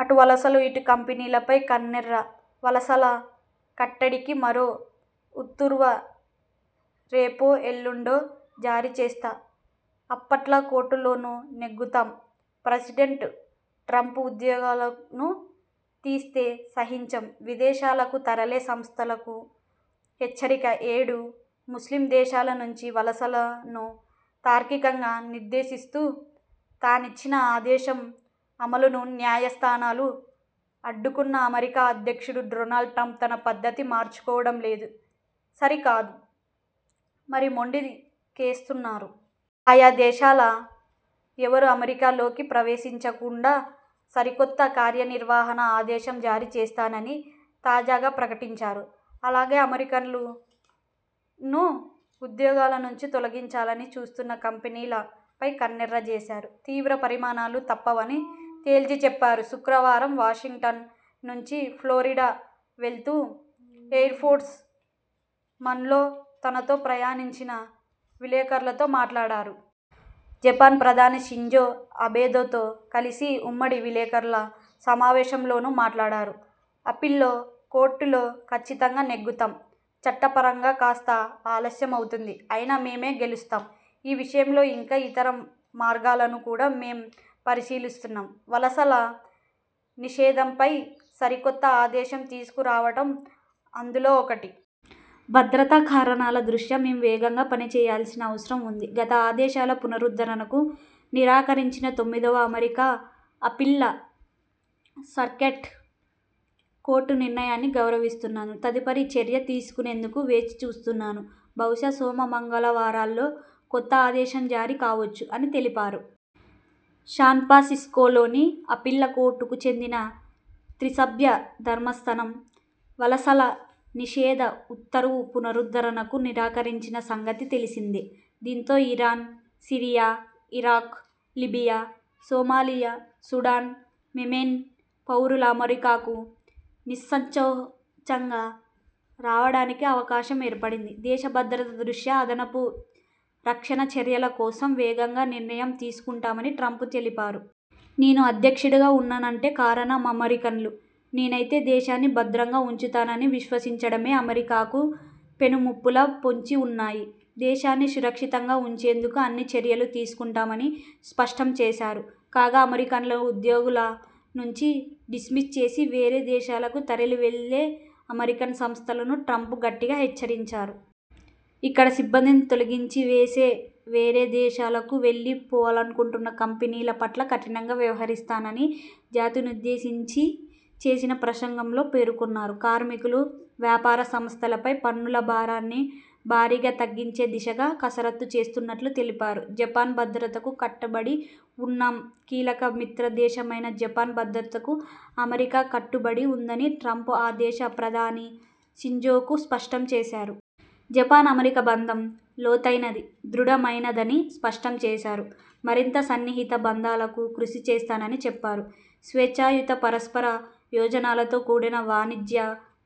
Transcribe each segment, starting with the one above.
అటు వలసలు, ఇటు కంపెనీలపై కన్నెర్ర, వలసల కట్టడికి మరో ఉత్తుర్వ రేపో ఎల్లుండో జారీ చేస్తా, అప్పట్ల కోర్టులోనూ నెగ్గుతాం ప్రెసిడెంట్ ట్రంప్ ఉద్యోగులను తీస్తే సహించం, విదేశాలకు తరలే సంస్థలకు హెచ్చరిక ఏడు ముస్లిం దేశాల నుంచి వలసలను తార్కికంగా నిర్దేషిస్తూ తానిచ్చిన ఆదేశం అమలును న్యాయ స్థానాలు అడ్డుకున్నా, అమెరికా అధ్యక్షుడు డొనాల్డ్ ట్రంప్ తన పద్ధతి మార్చుకోవడం లేదు సరికాదు, మరి మొండి కేస్తున్నారు. ఆయా దేశాల ఎవరూ అమెరికా లోకి ప్రవేశించ కుండా సరికొత్త కార్యనిర్వాహక ఆదేశం జారీ చేస్తానని తాజాగా ప్రకటించారు. అలాగే అమెరికన్లును ఉద్యోగాల నుంచి తొలగించాలని చూస్తున్న కంపెనీల పై కన్నెర్ర చేశారు. తీవ్ర పరిమాణలు తప్పవని తేల్చిచెప్పారు. శుక్రవారం వాషింగ్టన్ నుంచి ఫ్లోరిడా వెళ్తూ ఎయిర్ఫోర్స్ వన్లో తనతో ప్రయాణించిన విలేకరులతో మాట్లాడారు. జపాన్ ప్రధాని షింజో అబెదతో కలిసి ఉమ్మడి విలేకర్ల సమావేశంలోనూ మాట్లాడారు. 'అప్పీళ్లో కోర్టులో కచ్చితంగా నెగ్గుతాం. చట్ట పరంగా కాస్త ఆలస్యమవుతుంది. అయినా మేమే గెలుస్తాం. ఈ విషయంలో ఇంకా ఇతర మార్గాలను కూడా మేం పరిశీలిస్తున్నాం. వలసల నిషేధంపై సరికొత్త ఆదేశం తీసుకు రావడం అందులో ఒకటి. భద్రతా కారణాల దృష్ట్యా మేం వేగంగా పని చేయాల్సిన అవసరం ఉంది. గత ఆదేశాల పునరుద్ధరణకు నిరాకరించిన తొమ్మిదివ అమెరికా అప్పీళ్ల సర్క్యాట్ కోర్టు నిర్ణయాన్ని గౌరవిస్తున్నాను. తదుపరి చర్య తీసుకునేందుకు వేచి చూస్తున్నాను. బహుశా సోమ, మంగళవారాల్లో కొత్త ఆదేశం జారీ కావచ్చు' అని తెలిపారు. శాన్ఫ్రాన్సిస్కోలోని అప్పీళ్ల కోర్టుకు చెందిన త్రిసభ్య ధర్మాసనం.,వలసల నిషేధ ఉత్తర్వు పునరుద్ధరణకు నిరాకరించిన సంగతి తెలిసిందే. దీంతో Iran, Syria, Iraq, Libya, Somalia, Sudan, Yemen పౌరులు అమెరికాకు నిస్సంకోచంగా రావడానికి అవకాశం ఏర్పడింది. దేశ భద్రత దృష్ట్యా అదనపు రక్షణ చర్యల కోసం వేగంగా నిర్ణయం తీసుకుంటామని ట్రంప్ తెలిపారు. 'నేను అధ్యక్షుడిగా ఉన్నానంటే కారణం.. అమెరికన్లు నేనైతే దేశాన్ని భద్రంగా ఉంచుతానని విశ్వసించడమే. అమెరికాకు పెను ముప్పుల పొంచి ఉన్నాయి. దేశాన్ని సురక్షితంగా ఉంచేందుకు అన్ని చర్యలూ తీసుకుంటాం' అని స్పష్టం చేశారు. కాగా, అమెరికన్లను ఉద్యోగాల నుంచి డిస్మిస్ చేసి వేరే దేశాలకు తరలి వెళ్లే అమెరికన్ సంస్థలను ట్రంప్ గట్టిగా హెచ్చరించారు. ఇక్కడ సిబ్బందిని తొలగించేసే వేరే దేశాలకు వెళ్లి పోవాలనుకుంటున్న కంపెనీల పట్ల కఠినంగా వ్యవహరిస్తానని జాతినుద్దేశించి చేసిన ప్రసంగంలో పేర్కొన్నారు. కార్మికులు, వ్యాపార సంస్థల పై పన్నుల భారాన్ని భారీగా తగ్గించే దిశగా కసరత్తు చేస్తున్నట్లు తెలిపారు. జపాన్ భద్రతకు కట్టుబడి ఉన్నాం కీలక మిత్ర దేశమైన జపాన్ భద్రతకు అమెరికా కట్టుబడి ఉందని ట్రంప్ ఆ దేశ ప్రధాని షింజోకు స్పష్టం చేశారు. జపాన్, అమెరికా బంధం లోతైనది, దృఢ మైనదని స్పష్టం చేశారు. మరింత సన్నిహిత బంధాలకు కృషి చేస్తానని చెప్పారు. స్వేచ్ఛాయుత, పరస్పర యోజనాలతో కూడిన వాణిజ్య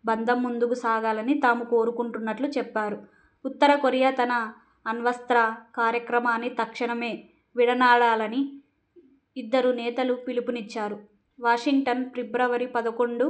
బంధం ముందుకు సాగాలని తాము కోరుకుంటున్నట్లు చెప్పారు. ఉత్తరకొరియా తన అణ్వస్త్ర కార్యక్రమాన్ని తక్షణమే విడనాడాలని ఇద్దరు నేతలూ పిలుపునిచ్చారు. వాషింగ్టన్, ఫిబ్రవరి పదకొండు